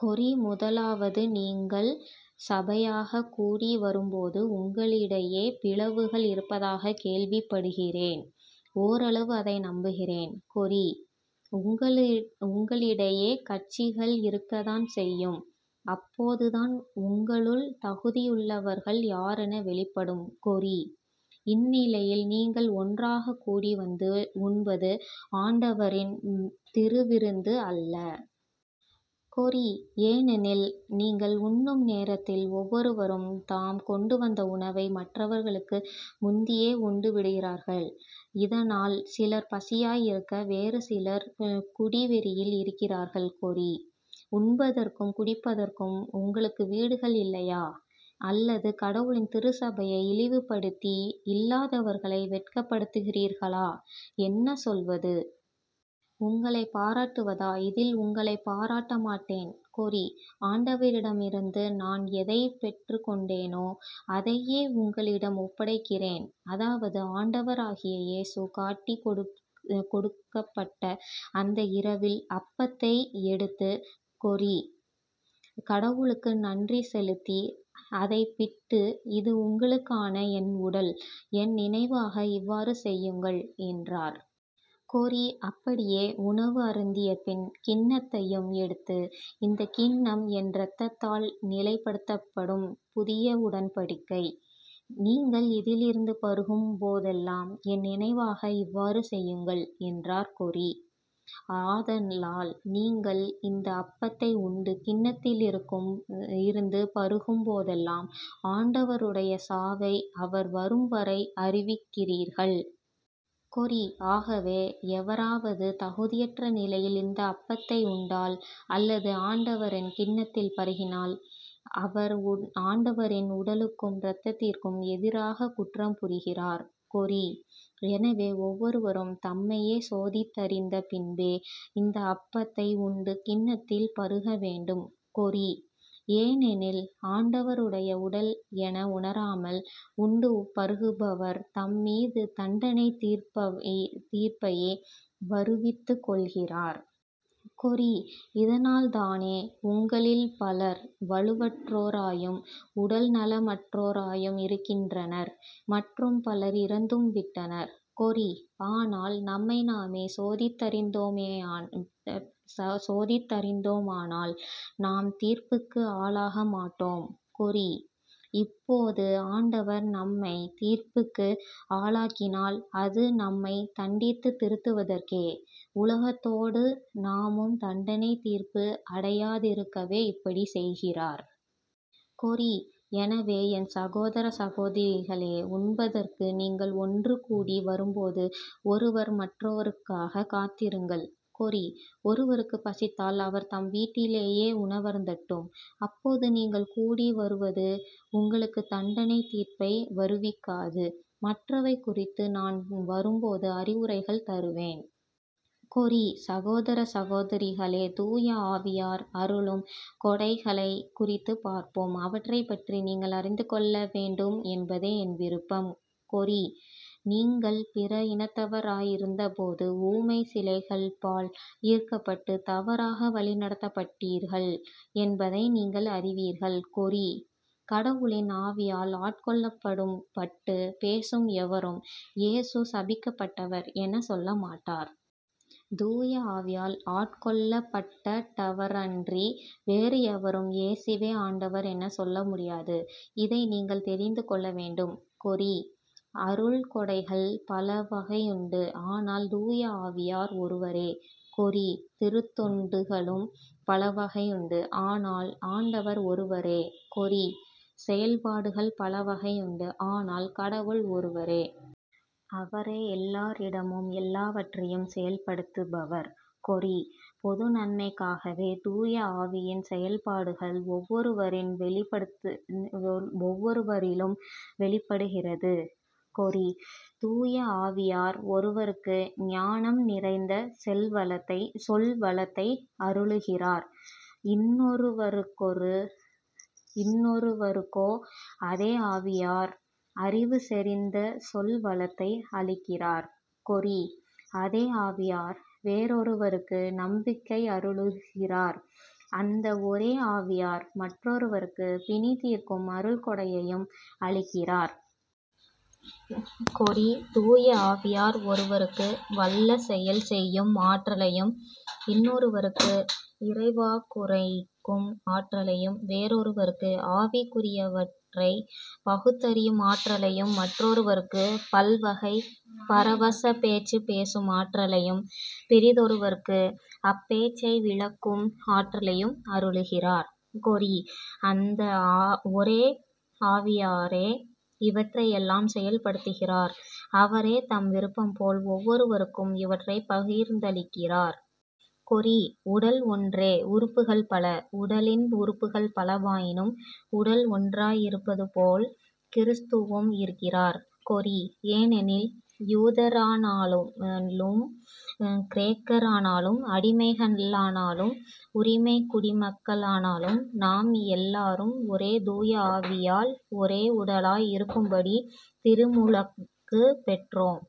கொரி. முதலாவது நீங்கள் சபையாகக் கூடி வரும்போது உங்களிடையே பிளவுகள் இருப்பதாகக் கேள்விப்படுகிறேன். ஓரளவு அதை நம்புகிறேன். கொரி. உங்களிடையே கட்சிகள் இருக்கத்தான் செய்யும். அப்போதுதான் உங்களுள் தகுதியுள்ளவர்கள் யாரென வெளிப்படும். கொரி. இந்நிலையில் நீங்கள் ஒன்றாகக் கூடி வந்து உண்பது ஆண்டவரின் திருவிருந்து அல்ல. கொரி. ஏனெனில் நீங்கள் உண்ணும் நேரத்தில் ஒவ்வொருவரும் தாம் கொண்டுவந்த உணவை மற்றவர்களுக்கு முந்தியே உண்டுவிடுகிறீர்கள். இதனால் சிலர் பசியாய் இருக்க வேறு சிலர் குடிவெறியில் இருக்கிறார்கள். கொரி. உண்பதற்கும் குடிப்பதற்கும் உங்களுக்கு வீடுகள் இல்லையா? அல்லது கடவுளின் திருச்சபையை இழிவுப்படுத்தி இல்லாதவர்களை வெட்கப்படுத்துகிறீர்களா? என்ன சொல்வது? உங்களைப் பாராட்டுவதா? இதில் உங்களைப் பாராட்ட மாட்டேன். கொரி. ஆண்டவரிடமிருந்து நான் எதைப் பெற்றுக்கொண்டேனோ அதையே உங்களிடம் ஒப்படைக்கிறேன். அதாவது ஆண்டவராகிய இயேசு காட்டிக்கொடுக்கப்பட்ட அந்த இரவில் அப்பத்தை எடுத்து கொரி. கடவுளுக்கு நன்றி செலுத்தி அதைப்பிட்டு "இது உங்களுக்கான என் உடல். என் நினைவாக இவ்வாறு செய்யுங்கள் " என்றார். கொரி. அப்படியே உணவு அருந்தியபின் கிண்ணத்தையும் எடுத்து "இந்தக் கிண்ணம் என் இரத்தத்தால் நிலைப்படுத்தப்படும் புதிய உடன்படிக்கை. நீங்கள் இதிலிருந்து பருகும் போதெல்லாம் என் நினைவாக இவ்வாறு செய்யுங்கள் " என்றார். கொரி. ஆதலால் நீங்கள் இந்த அப்பத்தை உண்டு கிண்ணத்திலிருந்து பருகும் போதெல்லாம் ஆண்டவருடைய சாவை அவர் வரும்வரை அறிவிக்கிறீர்கள். கொரி. ஆகவே எவராவது தகுதியற்ற நிலையில் இந்த அப்பத்தை உண்டால் அல்லது ஆண்டவரின் கிண்ணத்தில் பருகினால் அவர் ஆண்டவரின் உடலுக்கும் இரத்தத்திற்கும் எதிராகக் குற்றம் புரிகிறார். கொரி. எனவே ஒவ்வொருவரும் தம்மையே சோதித்தறிந்த பின்பே இந்த அப்பத்தை உண்டு கிண்ணத்தில் பருக வேண்டும். கொரி. ஏனெனில் ஆண்டவருடைய உடல் என உணராமல் உண்டு பருகுபவர் தம் மீது தண்டனைத் தீர்ப்பையே வருவித்துக் கொள்கிறார். கொரி. இதனால்தானே உங்களில் பலர் வலுவற்றோராயும் உடல்நலமற்றோராயும் இருக்கின்றனர் மற்றும் பலர் இறந்தும் விட்டனர். கொரி. ஆனால் நம்மை நாமே சோதித்தறிந்தோமானால் நாம் தீர்ப்புக்கு ஆளாக மாட்டோ ம். கொரி. இப்போது ஆண்டவர் நம்மைத் தீர்ப்புக்கு ஆளாக்கினால் அது நம்மைத் தண்டித்துத் திருத்துவதற்கே. உலகத்தோடு நாமும் தண்டனைத் தீர்ப்பு அடையாதிருக்கவே இப்படிச் செய்கிறார். கொரி. எனவே என் சகோதர சகோதரிகளே உண்பதற்காக நீங்கள் ஒன்று கூடி வரும்போது ஒருவர் மற்றவருக்காகக் காத்திருங்கள். கொரி. ஒருவருக்குப் பசித்தால் அவர் தம் வீட்டிலேயே உணவருந்தட்டும். அப்போது நீங்கள் கூடிவருவது உங்களுக்குத் தண்டனைத் தீர்ப்பை வருவிக்காது. மற்றவை குறித்து நான் வரும்போது அறிவுரைகள் தருவேன்.. கொரி. சகோதர சகோதரிகளே தூயஆவியார் அருளும் கொடைகளைக் குறித்துப் பார்ப்போம். அவற்றைப் பற்றி நீங்கள் அறிந்து கொள்ள வேண்டும் என்பதே என் விருப்பம். கொரி.. நீங்கள் பிற இனத்தவராயிருந்தபோது ஊமைச் சிலைகள்பால் ஈர்க்கப்பட்டுத் தவறாக வழிநடத்தப்பட்டீர்கள் என்பதை நீங்கள் அறிவீர்கள். கொரி. கடவுளின் ஆவியால் ஆட்கொள்ளப்பட்டுப் பேசும் எவரும் "இயேசு சபிக்கப்பட்டவர் " எனச் சொல்ல மாட்டார். தூய ஆவியால் ஆட்கொள்ளப்பட்டடவரன்றி வேறு எவரும் "இயேசுவே ஆண்டவர் " எனச் சொல்ல முடியாது. இதை நீங்கள் தெரிந்து கொள்ள வேண்டும். கொரி. அருள்கொடைகள் பலவகையுண்டு ஆனால் தூய ஆவியார் ஒருவரே. கொரி. திருத் தொண்டுகளும் பலவகையுண்டு ஆனால் ஆண்டவர் ஒருவரே. கொரி. செயல்பாடுகள் பலவகையுண்டு ஆனால் கடவுள் ஒருவரே. அவரே எல்லாரிடமும் எல்லாவற்றையும் செயல்படுத்துபவர். கொரி. பொது நன்மைக்காகவே தூய ஆவியின் செயல்பாடுகள் ஒவ்வொருவரிலும் வெளிப்படுகிறது. கொரி. தூய ஆவியார் ஒருவருக்கு ஞானம் நிறைந்த சொல்வளத்தை அருளுகிறார். இன்னொருவருக்கோ அதே ஆவியார் அறிவுசெறிந்த சொல்வளத்தை அளிக்கிறார். கொரி. அதே ஆவியார் வேறொருவருக்கு நம்பிக்கை அருளுகிறார். அந்த ஒரே ஆவியார் மற்றொருவருக்குப் பிணிதீர்க்கும் அருள்கொடையையும் அளிக்கிறார். கொரி. தூயஆவியார் ஒருவருக்கு வல்ல செயல் செய்யும் ஆற்றலையும் இன்னொருவருக்கு இறைவாக்குரைக்கும் ஆற்றலையும் வேறொருவருக்கு ஆவிக்குரியவற்றைப் பகுத்தறியும் ஆற்றலையும் மற்றொருவருக்குப் பல்வகை பரவசப் பேச்சு பேசும் ஆற்றலையும் பிறிதொருவருக்கு அப்பேச்சை விளக்கும் ஆற்றலையும் அருளுகிறார். கொரி. அந்த ஒரே ஆவியாரே இவற்றையெல்லாம் செயல்படுத்துகிறார் அவரே தம் விருப்பம்போல் ஒவ்வொருவருக்கும் இவற்றைப் பகிர்ந்தளிக்கிறார். கொரி. உடல் ஒன்றே உறுப்புகள் பல. உடலின் உறுப்புகள் பலவாயினும் உடல் ஒன்றாயிருப்பதுபோல கிறிஸ்துவும் இருக்கிறார். கொரி. ஏனெனில் யூதரானாலும் கிரேக்கரானாலும் அடிமைகளானாலும் உரிமைக் குடிமக்களானாலும் நாம் எல்லாரும் ஒரே தூய ஆவியால் ஒரே உடலாய் இருக்கும்படி திருமுழுக்குப் பெற்றோம்.